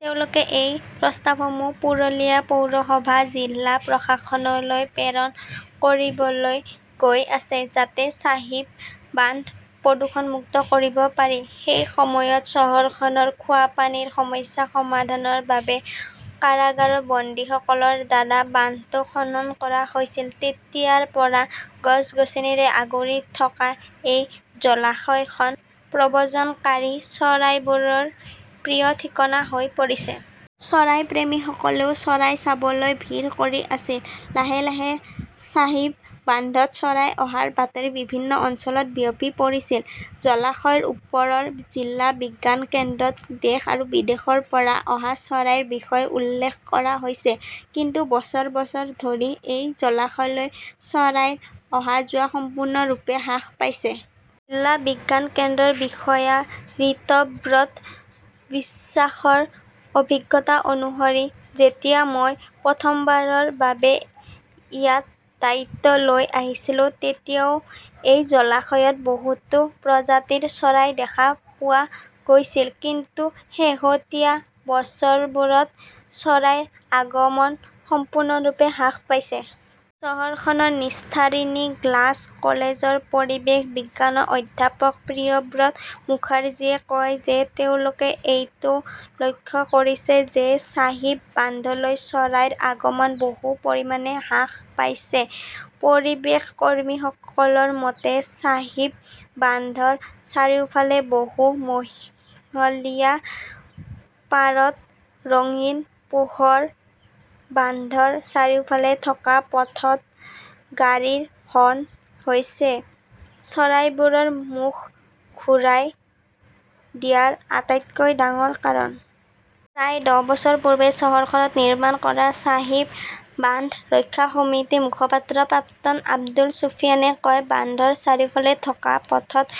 তেওঁলোকে এই প্ৰস্তাৱসমূহ পুৰুলিয়া পৌৰসভা জিলা প্ৰশাসনলৈ প্ৰেৰণ কৰিবলৈ গৈ আছে, যাতে চাহিব বান্ধ প্ৰদূষণমুক্ত কৰিব পাৰি। সেই সময়ত চহৰখনৰ খোৱাপানীৰ সমস্যা সমাধানৰ বাবে কাৰাগাৰৰ বন্দীসকলৰ দ্বাৰা বান্ধটো খনন কৰা হৈছিল। তেতিয়াৰ পৰা গছ-গছনিৰে আগুৰি থকা এই জলাশয়খন প্ৰব্ৰজনকাৰী চৰাইবোৰৰ প্ৰিয় ঠিকনা হৈ পৰিছে। চৰাইপ্ৰেমীসকলেও চৰাই চাবলৈ ভিৰ কৰি আছিল। লাহে লাহে চাহিব বান্ধত চৰাই অহাৰ বাতৰি বিভিন্ন অঞ্চলত বিয়পি পৰিছিল। জলাশয়ৰ ওপৰৰ জিলা বিজ্ঞান কেন্দ্ৰত দেশ আৰু বিদেশৰ পৰা অহা চৰাইৰ বিষয়ে উল্লেখ কৰা হৈছে। কিন্তু বছৰ বছৰ ধৰি এই জলাশয়লৈ চৰাইৰ অহা-যোৱা সম্পূৰ্ণৰূপে হ্ৰাস পাইছে। জিলা বিজ্ঞান কেন্দ্ৰৰ বিষয়া ৰিতব্ৰত বিশ্বাসৰ অভিজ্ঞতা অনুসৰি, যেতিয়া মই প্ৰথমবাৰৰ বাবে ইয়াত দায়িত্ব লৈ আহিছিলো তেতিয়াও এই জলাশয়ত বহুতো প্ৰজাতিৰ চৰাই দেখা পোৱা গৈছিল। কিন্তু শেহতীয়া বছৰবোৰত চৰাইৰ আগমন সম্পূৰ্ণৰূপে হ্ৰাস পাইছে। চহৰখনৰ নিষ্টাৰিনী গ্লাছ কলেজৰ পৰিৱেশ বিজ্ঞানৰ অধ্যাপক প্ৰিয়ব্ৰত মুখাৰ্জীয়ে কয় যে তেওঁলোকে এইটোও লক্ষ্য কৰিছিল যে, চাহিব বান্ধলৈ চৰাইৰ আগমন বহু পৰিমাণে হ্ৰাস পাইছে। পৰিৱেশকৰ্মীসকলৰ মতে, চাহিব বান্ধৰ চাৰিওফালে বহু মহলীয়া, পাৰত ৰঙীন পোহৰ, বান্ধৰ চাৰিওফালে থকা পথত গাড়ীৰ হৰ্ণ হৈছে চৰাইবোৰৰ মুখ ঘূৰাই দিয়াৰ আটাইতকৈ ডাঙৰ কাৰণ। প্ৰায় দহ বছৰ পূৰ্বে চহৰখনত নিৰ্মাণ কৰা চাহিব বান্ধ ৰক্ষা সমিতিৰ মুখপাত্ৰ প্ৰাক্তন আব্দুল চুফিয়ানে কয়, "বান্ধৰ চাৰিওফালে থকা পথত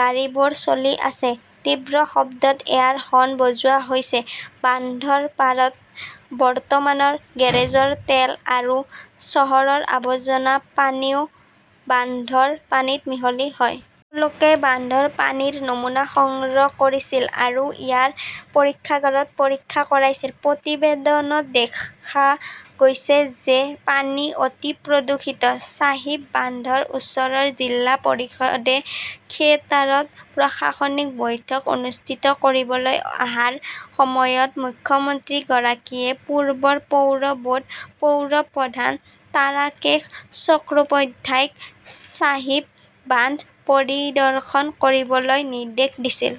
গাড়ীবোৰ চলি আছে। তীব্ৰ শব্দত এয়াৰ হৰ্ণ বজোৱা হৈছে। বান্ধৰ পাৰত বৰ্তমানৰ গেৰেজৰ তেল আৰু চহৰৰ আৱৰ্জনা পানীও বান্ধৰ পানীত মিহলি হয়"। তেওঁলোকে বান্ধৰ পানীৰ নমুনা সংগ্ৰহ কৰিছিল আৰু ইয়াক পৰীক্ষাগাৰত পৰীক্ষা কৰাইছিল। প্ৰতিবেদনত দেখা গৈছে যে, পানী অতি প্ৰদূষিত। চাহিব বান্ধৰ ওচৰৰ জিলা পৰিষদে থিয়েটাৰত প্ৰশাসনিক বৈঠক অনুষ্ঠিত কৰিবলৈ অহাৰ সময়ত মুখ্যমন্ত্ৰীগৰাকীয়ে পূৰ্বৰ পৌৰ বৰ্ডৰ পৌৰপ্ৰধান তাৰাকেশ চক্ৰোপাধ্যায়ক চাহিব বান্ধ পৰিদৰ্শন কৰিবলৈ নিৰ্দেশ দিছিল।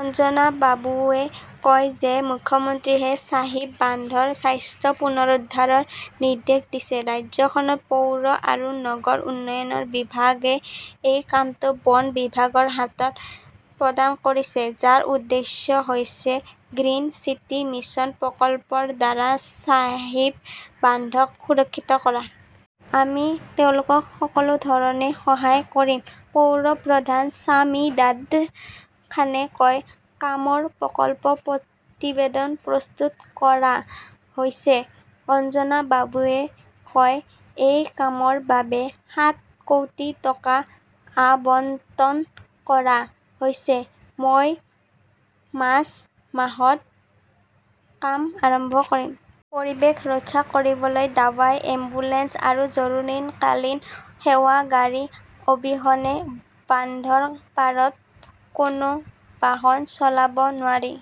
অঞ্জনা বাবুৱে কয় যে, মুখ্যমন্ত্ৰীয়েহে চাহিব বান্ধৰ স্বাস্থ্য পুনৰুদ্ধাৰৰ নিৰ্দেশ দিছে। ৰাজ্যখনৰ পৌৰ আৰু নগৰ উন্নয়ন বিভাগে এই কামটো বন বিভাগৰ হাতত প্ৰদান কৰিছে, যাৰ উদ্দেশ্য হৈছে গ্ৰীণ চিটি মিছন প্ৰকল্পৰ দ্বাৰা চাহিব বান্ধক সুৰক্ষিত কৰা । "আমি তেওঁলোকক সকলো ধৰণে সহায় কৰিম", পৌৰপ্ৰধান ছামিদাদ খানে কয়। "কামৰ প্ৰকল্পৰ প্ৰতিবেদন প্ৰস্তুত কৰা হৈছে", অঞ্জনা বাবুৱে কয়। এই কামৰ বাবে সাত কোটি টকা আবণ্টন কৰা হৈছে। মই মাৰ্চ মাহত কাম আৰম্ভ কৰিম। পৰিৱেশ ৰক্ষা কৰিবলৈ দাৱাই এম্বুলেন্স আৰু জৰুৰীকালীন সেৱাৰ গাড়ী অবিহনে বান্ধৰ পাৰত কোনো বাহন চলাব নোৱাৰি।